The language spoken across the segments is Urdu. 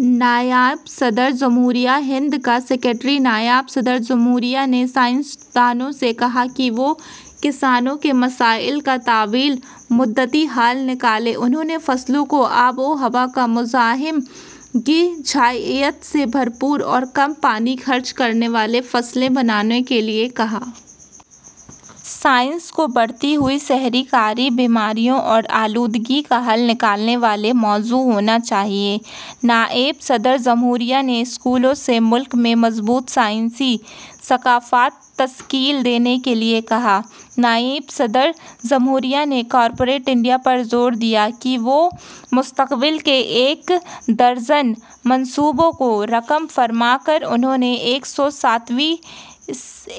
نائب صدر جمہوریہ ہند کا سکریٹریٹ نائب صدر جمہوریہ نے سائنس دانوں سے کہا کہ وہ کسانوں کے مسائل کا طویل مدتی حل نکالیں انہوں نے فصلوں کو آب و ہوا کا مزاحم، غذائیت سے بھرپور اور کم پانی خرچ کرنے والی فصلیں بنانے کے لیے کہا۔ سائنس کو بڑھتی ہوئی شہری کاری، بیماریوں اور آلودگی کا حل نکالنے والا موضوع ہونا چاہیے نائب صدر جمہوریہ نے اسکولوں سے ملک میں مضبوط سائنسی ثقافت تشکیل دینے کے لیے کہا نائب صدر جمہوریہ نے کارپوریٹ انڈیا پر زور دیا کہ وہ مستقبل کے ایک درجن منصوبوں کو رقم فراہم کریں انہوں نے ایک سو ساتویں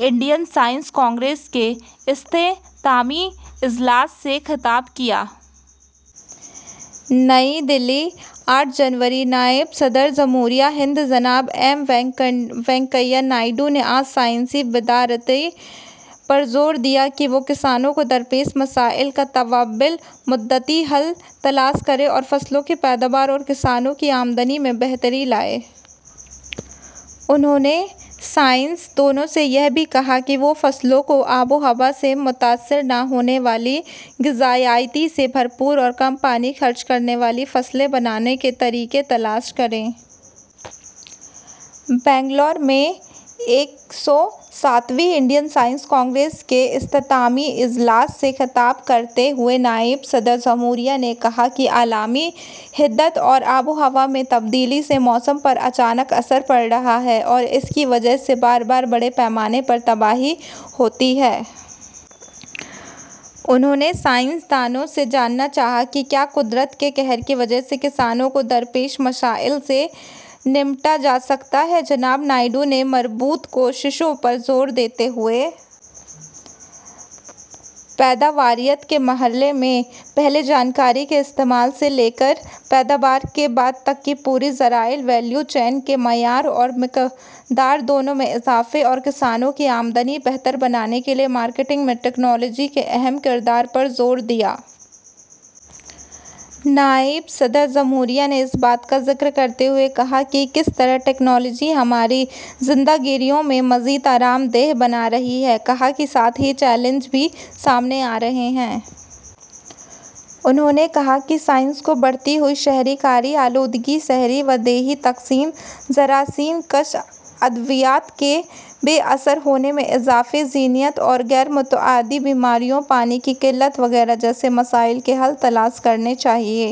انڈین سائنس کانگریس کے اختتامی اجلاس سے خطاب کیا۔ نئی دہلی، آٹھ جنوری: نائب صدر جمہوریہ ہند جناب ایم وینکیا نائیڈو نے آج سائنسی برادری پر زور دیا کہ وہ کسانوں کو درپیش مسائل کا طویل مدتی حل تلاش کریں اور فصلوں کی پیداوار اور کسانوں کی آمدنی میں بہتری لائیں۔ انہوں نے سائنس دانوں سے یہ بھی کہا کہ وہ فصلوں کو آب و ہوا سے متاثر نہ ہونے والی، غذائیت سے بھرپور اور کم پانی خرچ کرنے والی فصلیں بنانے کے طریقے تلاش کریں۔ بنگلورو میں ایک سو ساتویں انڈین سائنس کانگریس کے اختتامی اجلاس سے خطاب کرتے ہوئے نائب صدر جمہوریہ نے کہا کہ عالمی حدت اور آب و ہوا میں تبدیلی سے موسم پر اچانک اثر پڑ رہا ہے اور اس کی وجہ سے بار بار بڑے پیمانے پر تباہی ہوتی ہے۔ انہوں نے سائنس دانوں سے جاننا چاہا کہ کیا قدرت کے قہر کی وجہ سے کسانوں کو درپیش مسائل سے نمٹا جا سکتا ہے۔ جناب نائیڈو نے مربوط کوششوں پر زور دیتے ہوئے پیداواریت کے مرحلے سے پہلے جانکاری کے استعمال سے لے کر پیداوار کے بعد تک پوری زرعی ویلیو چین کے معیار اور مقدار، دونوں میں اضافے اور کسانوں کی آمدنی بہتر بنانے کے لیے مارکیٹنگ میں ٹیکنالوجی کے اہم کردار پر زور دیا۔ نائب صدر جمہوریہ نے اس بات کا ذکر کرتے ہوئے کہ کس طرح ٹیکنالوجی ہماری زندگیوں کو مزید آرام دہ بنا رہی ہے، کہا کہ سات نئے چیلنج بھی سامنے آ رہے ہیں۔ انہوں نے کہا کہ سائنس کو بڑھتی ہوئی شہری کاری، آلودگی، شہری و دیہی تقسیم، جراثیم کش ادویات کے بے اثر ہونے میں اضافہ، جینیاتی اور غیر متعدی بیماریوں، پانی کی قلت وغیرہ جیسے مسائل کے حل تلاش کرنے چاہئیں۔